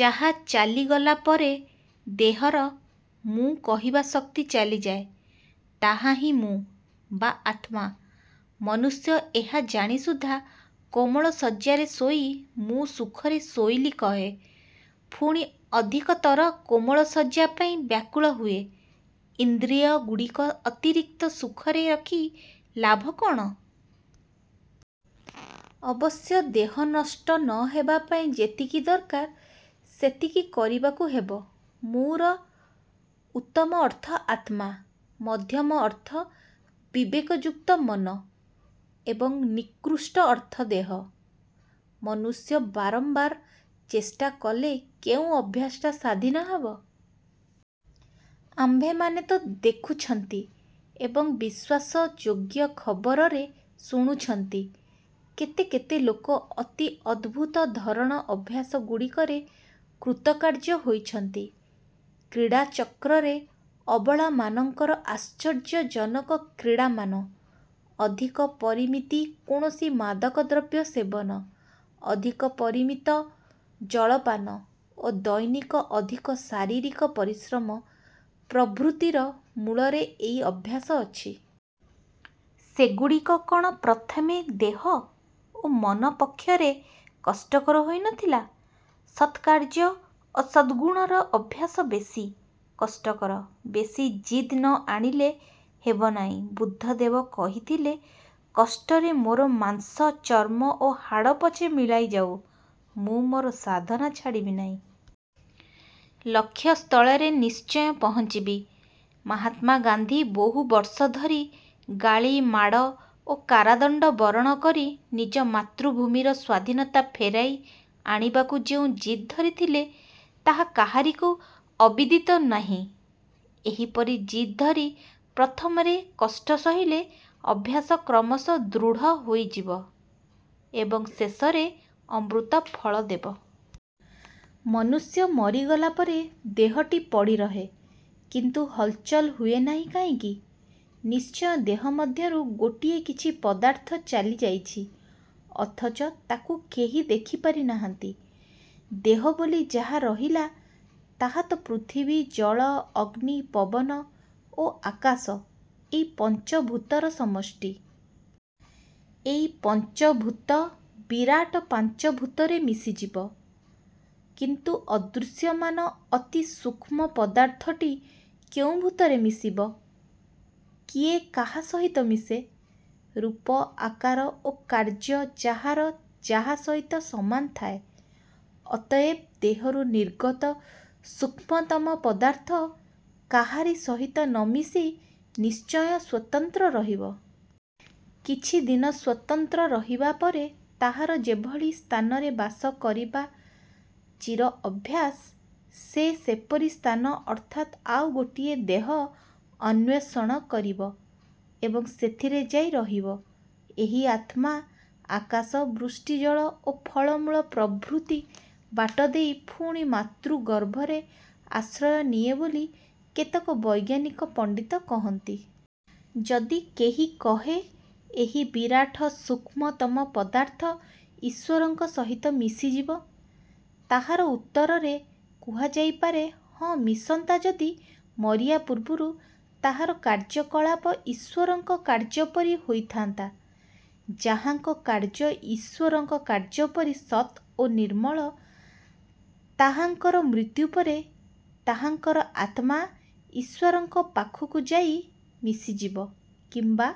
ଯାହା ଚାଲିଗଲାପରେ ଦେହର 'ମୁଁ' କହିବା ଶକ୍ତି ଚାଲିଯାଏ, ତାହା ହିଁ 'ମୁଁ' ବା ଆତ୍ମା। ମନୁଷ୍ୟ ଏହା ଜାଣି ସୁଦ୍ଧା କୋମଳ ଶଯ୍ୟାରେ ଶୋଇ "ମୁଁ ସୁଖରେ ଶୋଇଲି" କହେ, ପୁଣି ଅଧିକତର କୋମଳ ଶଯ୍ୟା ପାଇଁ ବ୍ୟାକୁଳ ହୁଏ। ଇନ୍ଦ୍ରିୟଗୁଡ଼ିକ ଅତିରିକ୍ତ ସୁଖରେ ରଖି ଲାଭ କଅଣ? ଅବଶ୍ୟ ଦେହ ନଷ୍ଟ ନ ହେବା ପାଇଁ ଯେତିକି ଦରକାର ସେତିକି କରିବାକୁ ହେବ। "ମୁଁ"ର ଉତ୍ତମ ଅର୍ଥ ଆତ୍ମା, ମଧ୍ୟମ ଅର୍ଥ ବିବେକ ଯୁକ୍ତ ମନ ଏବଂ ନିକୃଷ୍ଟ ଅର୍ଥ ଦେହ। ମନୁଷ୍ୟ ବାରମ୍ବାର ଚେଷ୍ଟା କଲେ କେଉଁ ଅଭ୍ୟାସଟା ସାଧି ନ ହେବ? ଆମ୍ଭେମାନେ ତ ଦେଖୁଛନ୍ତି ଏବଂ ବିଶ୍ଵାସ ଯୋଗ୍ୟ ଖବରରେ ଶୁଣୁଛନ୍ତି, କେତେ କେତେ ଲୋକ ଅତି ଅଦ୍ଭୁତ ଧରଣ ଅଭ୍ୟାସଗୁଡ଼ିକରେ କୃତକାର୍ଯ୍ୟ ହୋଇଛନ୍ତି। କ୍ରୀଡ଼ା ଚକ୍ରରେ ଅବଳାମାନଙ୍କର ଆଶ୍ଚର୍ଯ୍ୟଜନକ କ୍ରୀଡ଼ାମାନ, ଅଧିକ ପରିମିତି କୌଣସି ମାଦକ ଦ୍ରବ୍ୟ ସେବନ, ଅଧିକ ପରିମିତ ଜଳପାନ ଓ ଦୈନିକ ଅଧିକ ଶାରୀରିକ ପରିଶ୍ରମ ପ୍ରଭୃତିର ମୂଳରେ ଏହି ଅଭ୍ୟାସ ଅଛି। ସେଗୁଡ଼ିକ କଅଣ ପ୍ରଥମେ ଦେହ ଓ ମନ ପକ୍ଷରେ କଷ୍ଟକର ହୋଇ ନ ଥିଲା? ସତ୍କାର୍ଯ୍ୟ ଓ ସତ୍ଗୁଣର ଅଭ୍ୟାସ ବେଶୀ। କଷ୍ଟକର। ବେଶୀ ଜିଦ୍ ନ ଆଣିଲେ ହେବ ନାହିଁ। ବୁଦ୍ଧଦେବ କହିଥିଲେ "କଷ୍ଟରେ ମୋର ମାଂସ, ଚର୍ମ ଓ ହାଡ଼ ପଛେ ମିଳାଇ ଯାଉ; ମୁଁ ମୋର ସାଧନା ଛାଡ଼ିବି ନାହିଁ। ଲକ୍ଷ୍ୟ ସ୍ଥଳରେ ନିଶ୍ଚୟ ପହଞ୍ଚିବି। " ମହାତ୍ମା ଗାନ୍ଧୀ ବହୁ ବର୍ଷ ଧରି ଗାଳି, ମାଡ଼ ଓ କାରାଦଣ୍ଡ ବରଣ କରି ନିଜ ମାତୃଭୂମିର ସ୍ଵାଧୀନତା ଫେରାଇ ଆଣିବାକୁ ଯେଉଁ ଜିଦ୍ ଧରିଥିଲେ, ତାହା କାହାରିକୁ ଅବିଦିତ ନାହିଁ। ଏହିପରି ଜିଦ୍ ଧରି ପ୍ରଥମରେ କଷ୍ଟ ସହିଲେ ଅଭ୍ୟାସ କ୍ରମଶଃ ଦୃଢ଼ ହୋଇଯିବ ଏବଂ ଶେଷରେ ଅମୃତଫଳ ଦେବ। ମନୁଷ୍ୟ ମରିଗଲା ପରେ ଦେହଟି ପଡ଼ିରହେ କିନ୍ତୁ ହଲଚଲ ହୁଏ ନାହିଁ କାହିଁକି? ନିଶ୍ଚୟ ଦେହ ମଧ୍ୟରୁ ଗୋଟିଏ କିଛି ପଦାର୍ଥ ଚାଲି ଯାଇଛି, ଅଥଚ ତାକୁ କେହି ଦେଖିପାରି ନାହାନ୍ତି-। ଦେହ ବୋଲି ଯାହା ରହିଲା ତାହାତ ପୃଥିବୀ, ଜଳ, ଅଗ୍ନି, ପବନ ଓ ଆକାଶ ଏହି ପଞ୍ଚଭୂତର ସମଷ୍ଟି। ଏହି ପଞ୍ଚଭୂତ ବିରାଟ ପାଞ୍ଚଭୂତରେ ମିଶିଯିବ। କିନ୍ତୁ ଅଦୃଶ୍ୟମାନ ଅତି ସୂକ୍ଷ୍ମ ପଦାର୍ଥଟି କେଉଁ ଭୂତରେ ମିଶିବ? କିଏ କାହା ସହିତ ମିଶେ-? ରୂପ, ଆକାର ଓ କାର୍ଯ୍ୟ ଯାହାର ଯାହା ସହିତ ସମାନ ଥାଏ। ଅତଏବ ଦେହରୁ ନିର୍ଗତ ସୂକ୍ଷ୍ମତମ ପଦାର୍ଥ କାହରି ସହିତ ନ ମିଶି ନିଶ୍ଚୟ ସ୍ଵତନ୍ତ୍ର ରହିବ। କିଛି ଦିନ ସ୍ଵତନ୍ତ୍ର ରହିବା ପରେ ତାହାର ଯେଭଳି ସ୍ଥାନରେ ବାସ କରିବା ଚିର ଅଭ୍ୟାସ, ସେ ସେପରି ସ୍ଥାନ ଅର୍ଥାତ୍ ଆଉ ଗୋଟିଏ ଦେହ ଅନ୍ଵେଷଣ କରିବ ଏବଂ ସେଥିରେ ଯାଇ ରହିବ। ଏହି ଆତ୍ମା ଆକାଶ, ବୃଷ୍ଟିଜଳ ଓ ଫଳମୂଳ ପ୍ରଭୃତି ବାଟ ଦେଇ ପୁଣି ମାତୃଗର୍ଭରେ ଆଶ୍ରୟ ନିଏ ବୋଲି କେତେକ ବୈଜ୍ଞାନିକ ପଣ୍ଡିତ କହନ୍ତି-। ଯଦି କେହି କହେ, ଏହି ବିରାଟ ସୂକ୍ଷ୍ମତମ ପଦାର୍ଥ ଈଶ୍ଵରଙ୍କ ସହିତ ମିଶିଯିବ। ତାହାର ଉତ୍ତରରେ କୁହାଯାଇ ପାରେ, ହଁ ମିଶନ୍ତା ଯଦି ମରିବା ପୂର୍ବରୁ ତାହାର କାର୍ଯ୍ୟକଳାପ ଈଶ୍ଵରଙ୍କ କାର୍ଯ୍ୟପରି ହୋଇଥାନ୍ତା। ଯାହାଙ୍କ କାର୍ଯ୍ୟ ଈଶ୍ଵରଙ୍କ କାର୍ଯ୍ୟପରି ସତ୍ ଓ ନିର୍ମଳ, ତାହାଙ୍କର ମୃତ୍ୟୁ ପରେ ତାହାଙ୍କର ଆତ୍ମା ଈଶ୍ଵରଙ୍କ ପାଖକୁ ଯାଇ ମିଶିଯିବ କିମ୍ବା